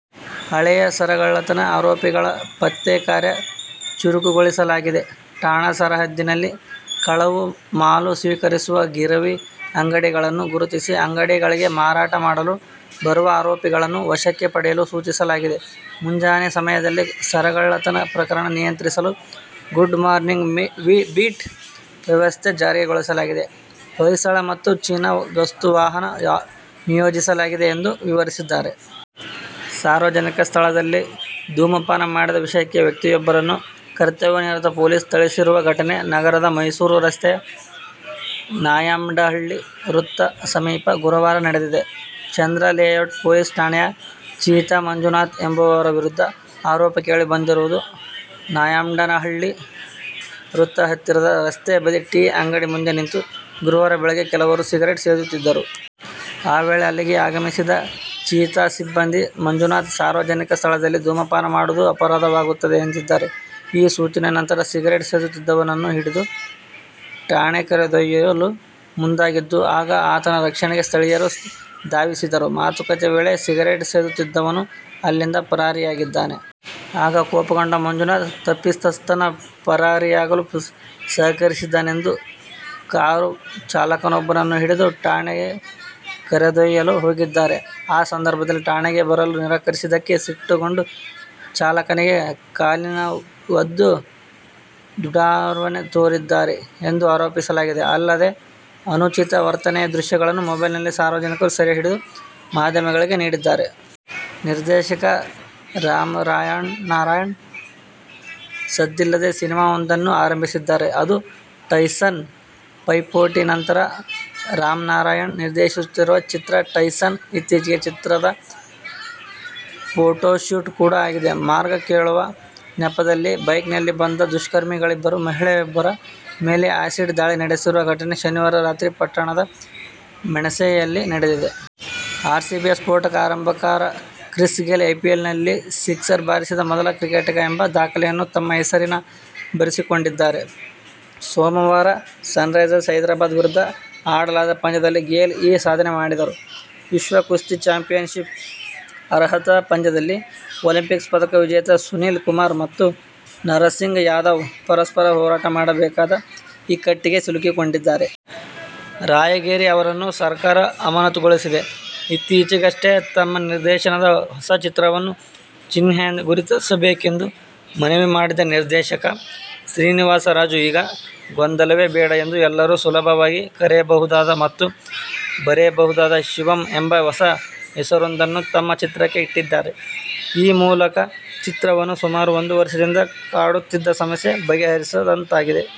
ಹಳೆಯ ಸರಗಳ್ಳತನ ಆರೋಪಿಗಳ ಪತ್ತೆ ಕಾರ್ಯ ಚುರುಕುಗೊಳಿಸಲಾಗಿದೆ. ಠಾಣಾ ಸರಹದ್ದಿನಲ್ಲಿ ಕಳವು ಮಾಲು ಸ್ವೀಕರಿಸುವ ಗಿರವಿ ಅಂಗಡಿಗಳನ್ನು ಗುರುತಿಸಿ ಅಂಗಡಿಗಳಿಗೆ ಮಾರಾಟ ಮಾಡಲು ಬರುವ ಆರೋಪಿಗಳನ್ನು ವಶಕ್ಕೆ ಪಡೆಯಲು ಸೂಚಿಸಲಾಗಿದೆ. ಮುಂಜಾನೆ ಸಮಯದಲ್ಲಿ ಸರಗಳ್ಳತನ ಪ್ರಕರಣ ನಿಯಂತ್ರಿಸಲು ಗುಡ್ ಮಾರ್ನಿಂಗ್ ಬೀಟ್ ವ್ಯವಸ್ಥೆ ಜಾರಿಗೊಳಿಸಲಾಗಿದೆ. ಹೊಯ್ಸಳ ಮತ್ತು ಚೀತಾ ಗಸ್ತು ವಾಹನ ನಿಯೋಜಿಸಲಾಗಿದೆ ಎಂದು ವಿವರಿಸಿದ್ದಾರೆ. ಸಾರ್ವಜನಿಕ ಸ್ಥಳದಲ್ಲಿ ಧೂಮಪಾನ ಮಾಡಿದ ವಿಷಯಕ್ಕೆ ವ್ಯಕ್ತಿಯೊಬ್ಬರನ್ನು ಕರ್ತವ್ಯ ನಿರತ ಪೊಲೀಸ್ ಥಳಿಸಿರುವ ಘಟನೆ ನಗರದ ಮೈಸೂರು ರಸ್ತೆಯ ನಾಯಂಡಹಳ್ಳಿ ವೃತ್ತ ಸಮೀಪ ಗುರುವಾರ ನಡೆದಿದೆ. ಚಂದ್ರಾಲೇಔಟ್ ಪೊಲೀಸ್ ಠಾಣೆಯ ''''''ಚೀತಾ'' ಮಂಜುನಾಥ ಎಂಬುವರ ವಿರುದ್ಧ ಆರೋಪ ಕೇಳಿ ಬಂದಿರುವುದು. ನಾಯಂಡಹಳ್ಳಿ ವೃತ್ತ ಹತ್ತಿರದ ರಸ್ತೆ ಬದಿ ಟೀ ಅಂಗಡಿ ಮುಂದೆ ನಿಂತು ಗುರುವಾರ ಬೆಳಗ್ಗೆ ಕೆಲವರು ಸಿಗರೇಟ್ ಸೇದುತ್ತಿದ್ದರು. ಆ ವೇಳೆ ಅಲ್ಲಿಗೆ ಆಗಮಿಸಿದ ಚೀತಾ ಸಿಬ್ಬಂದಿ ಮಂಜುನಾಥ, ಸಾರ್ವಜನಿಕ ಸ್ಥಳದಲ್ಲಿ ಧೂಮಪಾನ ಮಾಡುವುದು ಅಪರಾಧವಾಗುತ್ತದೆ ಎಂದಿದ್ದಾರೆ. ಈ ಸೂಚನೆ ನಂತರ ಸಿಗರೇಟ್ ಸೇದುತ್ತಿದ್ದವನನ್ನು ಹಿಡಿದು ಠಾಣೆ ಕರೆದೊಯ್ಯಲು ಮುಂದಾಗಿದ್ದು, ಆಗ ಆತನ ರಕ್ಷಣೆಗೆ ಸ್ಥಳೀಯರು ಧಾವಿಸಿದರು. ಮಾತುಕತೆ ವೇಳೆ ಸಿಗರೇಟ್ ಸೇದುತ್ತಿದ್ದವನು ಅಲ್ಲಿಂದ ಪರಾರಿಯಾಗಿದ್ದಾನೆ. ಆಗ ಕೋಪಗೊಂಡ ಮಂಜುನಾಥ, ತಪ್ಪಿತಸ್ಥನ ಪರಾರಿಯಾಗಲು ಸಹಕರಿಸಿದನೆಂದು ಕಾರು ಚಾಲಕನೊಬ್ಬನನ್ನು ಹಿಡಿದು ಠಾಣೆ ಕರೆದೊಯ್ಯಲು ಹೋಗಿದ್ದಾರೆ. ಆ ಸಂದರ್ಭದಲ್ಲಿ ಠಾಣೆಗೆ ಬರಲು ನಿರಾಕರಿಸಿದಕ್ಕೆ ಸಿಟ್ಟುಗೊಂಡು ಚಾಲಕನಿಗೆ ಕಾಲಿನ ಒದ್ದು ದುಂಡಾರ್ವನೆ ತೋರಿದ್ದಾರೆ ಎಂದು ಆರೋಪಿಸಲಾಗಿದೆ. ಅಲ್ಲದೆ ಅನುಚಿತ ವರ್ತನೆಯ ದೃಶ್ಯಗಳನ್ನು ಮೊಬೈಲ್ನಲ್ಲಿ ಸಾರ್ವಜನಿಕರು ಸೆರೆ ಹಿಡಿದು ಮಾಧ್ಯಮಗಳಿಗೆ ನೀಡಿದ್ದಾರೆ. ನಿರ್ದೇಶಕ ರಾಮ್ನಾರಾಯಣ್ ಸದ್ದಿಲ್ಲದೇ ಸಿನಿಮಾವೊಂದನ್ನು ಆರಂಭಿಸಿದ್ದಾರೆ. ಅದು "ಟೈಸನ್'. "ಪೈಪೋಟಿ' ನಂತರ ರಾಮ್ನಾರಾಯಣ್ ನಿರ್ದೇಶಿಸುತ್ತಿರುವ ಚಿತ್ರ "ಟೈಸನ್'. ಇತ್ತೀಚೆಗೆ ಚಿತ್ರದ ಫೋಟೋಶೂಟ್ ಕೂಡಾ ಆಗಿದೆ. ಮಾರ್ಗ ಕೇಳುವ ನೆಪದಲ್ಲಿ ಬೈಕ್ನಲ್ಲಿ ಬಂದ ದುಷ್ಕರ್ಮಿಗಳಿಬ್ಬರು ಮಹಿಳೆಯೊಬ್ಬರ ಮೇಲೆ ಆ್ಯಸಿಡ್ ದಾಳಿ ನಡೆಸಿರುವ ಘಟನೆ ಶನಿವಾರ ರಾತ್ರಿ ಪಟ್ಟಣದ ಮೆಣಸೆಯಲ್ಲಿ ನಡೆದಿದೆ. ಆರ್ಸಿಬಿಯ ಸ್ಫೋಟಕ ಆರಂಭಕಾರ ಕ್ರಿಸ್ ಗೇಲ್ ಐಪಿಎಲ್ನಲ್ಲಿ ಸಿಕ್ಸರ್ ಬಾರಿಸಿದ ಮೊದಲ ಕ್ರಿಕೆಟಿಗ ಎಂಬ ದಾಖಲೆಯನ್ನು ತಮ್ಮ ಹೆಸರಿಗೆ ಬರೆಸಿಕೊಂಡಿದ್ದಾರೆ. ಸೋಮವಾರ ಸನ್ರೈಸರ್ ಹೈದರಾಬಾದ್ ವಿರುದ್ಧ ಆಡಲಾದ ಪಂದ್ಯದಲ್ಲಿ ಗೇಲ್ ಈ ಸಾಧನೆ ಮಾಡಿದರು. ವಿಶ್ವ ಕುಸ್ತಿ ಚಾಂಪಿಯನ್ಶಿಪ್ನ ಅರ್ಹತಾ ಪಂದ್ಯದಲ್ಲಿ ಒಲಿಂಪಿಕ್ಸ್ ಪದಕ ವಿಜೇತ ಸುಶೀಲ್ ಕುಮಾರ್ ಮತ್ತು ನರಸಿಂಗ ಯಾದವ್ ಪರಸ್ಪರ ಹೋರಾಟ ಮಾಡಬೇಕಾದ ಇಕ್ಕಟ್ಟಿಗೆ ಸಿಲುಕಿಕೊಂಡಿದ್ದಾರೆ. ರಾಯಗೇರಿ ಅವರನ್ನು ಸರ್ಕಾರ ಅಮಾನತುಗೊಳಿಸಿದೆ. ಇತ್ತೀಚೆಗಷ್ಟೇ ತಮ್ಮ ನಿರ್ದೇಶನದ ಹೊಸ ಚಿತ್ರವನ್ನು ಚಿಹ್ನೆಯಿಂದ ಗುರುತಿಸಬೇಕೆಂದು ಮನವಿ ಮಾಡಿದ್ದ ನಿರ್ದೇಶಕ ಶ್ರೀನಿವಾಸರಾಜು, ಈಗ ಗೊಂದಲವೇ ಬೇಡ ಎಂದು ಎಲ್ಲರೂ ಸುಲಭವಾಗಿ ಕರೆಯಬಹುದಾದ ಮತ್ತು ಬರೆಯಬಹುದಾದ "ಶಿವಂ' ಎಂಬ ಹೊಸ ಹೆಸರೊಂದನ್ನು ತಮ್ಮ ಚಿತ್ರಕ್ಕೆ ಇಟ್ಟಿದ್ದಾರೆ. ಈ ಮೂಲಕ ಚಿತ್ರವನ್ನು ಸುಮಾರು ಒಂದು ವರ್ಷದಿಂದ ಕಾಡುತ್ತಿದ್ದ ಸಮಸ್ಯೆ ಬಗೆಹರಿದಂತಾಗಿದೆ.